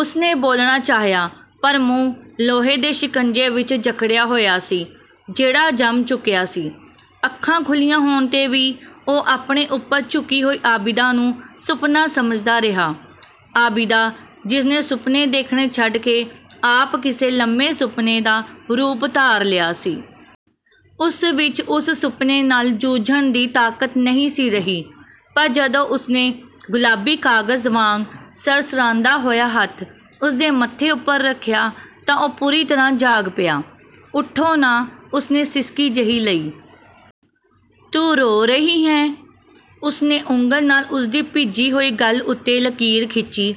ਉਸਨੇ ਬੋਲਣਾ ਚਾਹਿਆ, ਪਰ ਮੂੰਹ ਲੋਹੇ ਦੇ ਸ਼ਿਕੰਜੇ ਵਿੱਚ ਜਕੜਿਆ ਹੋਇਆ ਸੀ ਜਿਹੜਾ ਜੰਮ ਚੁੱਕਿਆ ਸੀ। ਅੱਖਾਂ ਖੁੱਲ੍ਹੀਆਂ ਹੋਣ 'ਤੇ ਵੀ ਉਹ ਆਪਣੇ ਉੱਪਰ ਝੁਕੀ ਹੋਈ ਆਬਿਦਾ ਨੂੰ ਸੁਪਨਾ ਸਮਝਦਾ ਰਿਹਾ। ਆਬਿਦਾ, ਜਿਸਨੇ ਸੁਪਨੇ ਦੇਖਣੇ ਛੱਡ ਕੇ ਆਪ ਕਿਸੇ ਲੰਮੇ ਸੁਪਨੇ ਦਾ ਰੂਪ ਧਾਰ ਲਿਆ ਸੀ। ਉਸ ਵਿੱਚ ਉਸ ਸੁਪਨੇ ਨਾਲ ਜੂਝਣ ਦੀ ਤਾਕਤ ਨਹੀਂ ਸੀ ਰਹੀ। ਪਰ ਜਦੋਂ ਉਸਨੇ ਗੁਲਾਬੀ ਕਾਗਜ਼ ਵਾਂਗ ਸਰਸਰਾਂਦਾ ਹੋਇਆ ਹੱਥ ਉਸਦੇ ਮੱਥੇ ਉੱਪਰ ਰੱਖਿਆ ਤਾਂ ਉਹ ਪੂਰੀ ਤਰ੍ਹਾਂ ਜਾਗ ਪਿਆ।"ਉਠੋ ਨਾ।" ਉਸਨੇ ਸਿਸਕੀ ਜਿਹੀ ਲਈ। "ਤੂੰ ਰੋ ਰਹੀ ਹੈਂ?" ਉਸਨੇ ਉਂਗਲ ਨਾਲ ਉਸਦੀ ਭਿੱਜੀ ਹੋਈ ਗੱਲ੍ਹ ਉੱਤੇ ਲਕੀਰ ਖਿੱਚੀ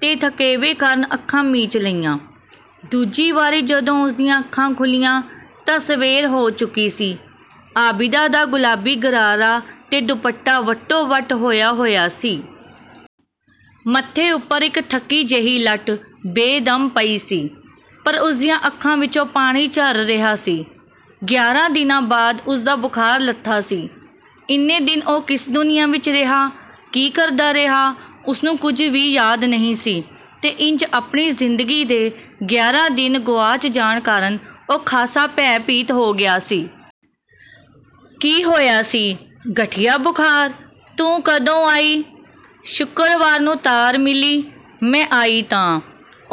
ਤੇ ਥਕੇਵੇਂ ਕਾਰਨ ਅੱਖਾਂ ਮੀਚ ਲਈਆਂ। ਦੂਜੀ ਵਾਰੀ ਜਦੋਂ ਉਸਦੀਆਂ ਅੱਖਾਂ ਖੁੱਲ੍ਹੀਆਂ ਤਾਂ ਸਵੇਰ ਹੋ ਚੁੱਕੀ ਸੀ। ਆਬਿਦਾ ਦਾ ਗੁਲਾਬੀ ਗਰਾਰਾ ਤੇ ਦੁਪੱਟਾ ਵੱਟੋ-ਵੱਟਹੋਇਆ-ਹੋਇਆ ਸੀ। ਮੱਥੇ ਉੱਪਰ ਇੱਕ ਥੱਕੀ ਜਿਹੀ ਲੱਟ ਬੇਦਮ ਪਈ ਸੀ, ਪਰ ਉਸਦੀਆਂ ਅੱਖਾਂ ਵਿੱਚੋਂ ਪਾਣੀ ਝਰ ਰਿਹਾ ਸੀ। ਗਿਆਰਾਂ ਦਿਨਾਂ ਬਾਅਦ ਉਸਦਾ ਬੁਖਾਰ ਲੱਥਾ ਸੀ। ਇੰਨੇ ਦਿਨ ਉਹ ਕਿਸ ਦੁਨੀਆਂ ਵਿੱਚ ਰਿਹਾ, ਕੀ ਕਰਦਾ ਰਿਹਾ, ਉਸਨੂੰ ਕੁਝ ਵੀ ਯਾਦ ਨਹੀਂ ਸੀ ਤੇ ਇੰਜ ਆਪਣੀ ਜ਼ਿੰਦਗੀ ਦੇ ਗਿਆਰਾਂ ਦਿਨ ਗੁਆਚ ਜਾਣ ਕਾਰਨ ਉਹ ਖਾਸਾ ਭੈਭੀਤ ਹੋ ਗਿਆ ਸੀ। "ਕੀ ਹੋਇਆ ਸੀ?" "ਗਠੀਆ ਬੁਖ਼ਾਰ।" "ਤੂੰ ਕਦੋਂ ਆਈ?" "ਸ਼ੁਕਰਵਾਰ ਨੂੰ ਤਾਰ ਮਿਲੀ, ਮੈਂ ਆਈ ਤਾਂ"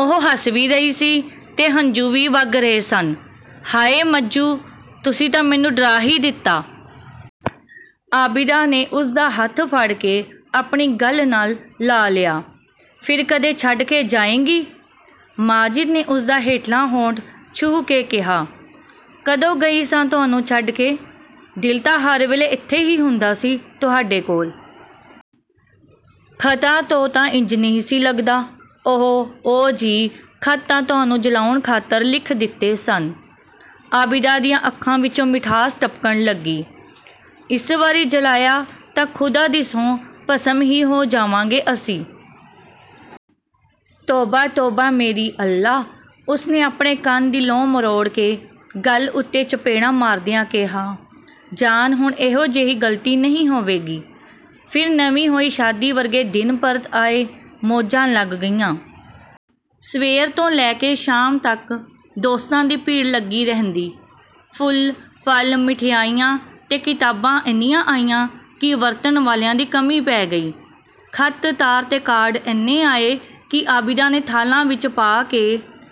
ਉਹ ਹੱਸ ਵੀ ਰਹੀ ਸੀ ਤੇ ਹੰਝੂ ਵੀ ਵਗ ਰਹੇ ਸਨ, "ਹਾਏ ਮੱਜੂ, ਤੁਸੀਂ ਤਾਂ ਮੈਨੂੰ ਡਰਾ ਹੀ ਦਿੱਤਾ।" ਆਬਿਦਾ ਨੇ ਉਸਦਾ ਹੱਥ ਫੜ ਕੇ ਆਪਣੀ ਗੱਲ੍ਹ ਨਾਲ ਲਾ ਲਿਆ। "ਫਿਰ ਕਦੇ ਛੱਡ ਕੇ ਜਾਏਂਗੀ?" ਮਾਜਿਦ ਨੇ ਉਸਦਾ ਹੇਠਲਾ ਹੋਂਠ ਛੂਹ ਕੇ ਕਿਹਾ। "ਕਦੋਂ ਗਈ ਸਾਂ ਤੁਹਾਨੂੰ ਛੱਡ ਕੇ, ਦਿਲ ਤਾਂ ਹਰ ਵੇਲੇ ਇੱਥੇ ਹੀ ਹੁੰਦਾ ਸੀ ਤੁਹਾਡੇ ਕੋਲ।" "ਖ਼ਤਾਂ ਤੋਂ ਤਾਂ ਇੰਜ ਨਹੀਂ ਸੀ ਲੱਗਦਾ।" "ਉਹ! ਓ-ਜੀ, ਖ਼ਤ ਤਾਂ ਤੁਹਾਨੂੰ ਜਲਾਉਣ ਖਾਤਰ ਲਿਖ ਦਿੱਤੇ ਸਨ।" ਆਬਿਦਾ ਦੀਆਂ ਅੱਖਾਂ ਵਿੱਚੋਂ ਮਿਠਾਸ ਟਪਕਣ ਲੱਗੀ। "ਇਸ ਵਾਰੀ ਜਲਾਇਆ ਤਾਂ ਖ਼ੁਦਾ ਦੀ ਸਹੁੰ ਭਸਮ ਹੀ ਹੋ ਜਾਵਾਂਗੇ ਅਸੀਂ।" "ਤੌਬਾ! ਤੌਬਾ ਮੇਰੀ! ਅੱਲਾ" ਉਸਨੇ ਆਪਣੇ ਕੰਨ ਦੀ ਲੌਂਅ ਮਰੋੜ ਕੇ, ਗੱਲ੍ਹ ਉੱਤੇ ਚਪੇੜਾਂ ਮਾਰਦਿਆਂ ਕਿਹਾ, "ਜਾਨ ਹੁਣ ਇਹੋ ਜਿਹੀ ਗ਼ਲਤੀ ਨਹੀਂ ਹੋਵੇਗੀ।" ਫਿਰ ਨਵੀਂ ਹੋਈ ਸ਼ਾਦੀ ਵਰਗੇ ਦਿਨ ਪਰਤ ਆਏ, ਮੌਜਾਂ ਲੱਗ ਗਈਆਂ। ਸਵੇਰ ਤੋਂ ਲੈ ਕੇ ਸ਼ਾਮ ਤੱਕ ਦੋਸਤਾਂ ਦੀ ਭੀੜ ਲੱਗੀ ਰਹਿੰਦੀ। ਫੁੱਲ, ਫਲ, ਮਿਠਿਆਈਆਂ ਤੇ ਕਿਤਾਬਾਂ ਇੰਨੀਆਂ ਆਈਆਂ ਕਿ ਵਰਤਣ ਵਾਲਿਆਂ ਦੀ ਕਮੀ ਪੈ ਗਈ। ਖ਼ਤ, ਤਾਰ ਤੇ ਕਾਰਡ ਇੰਨੇ ਆਏ ਕਿ ਆਬਿਦਾ ਨੇ ਥਾਲਾਂ ਵਿੱਚ ਪਾ ਕੇ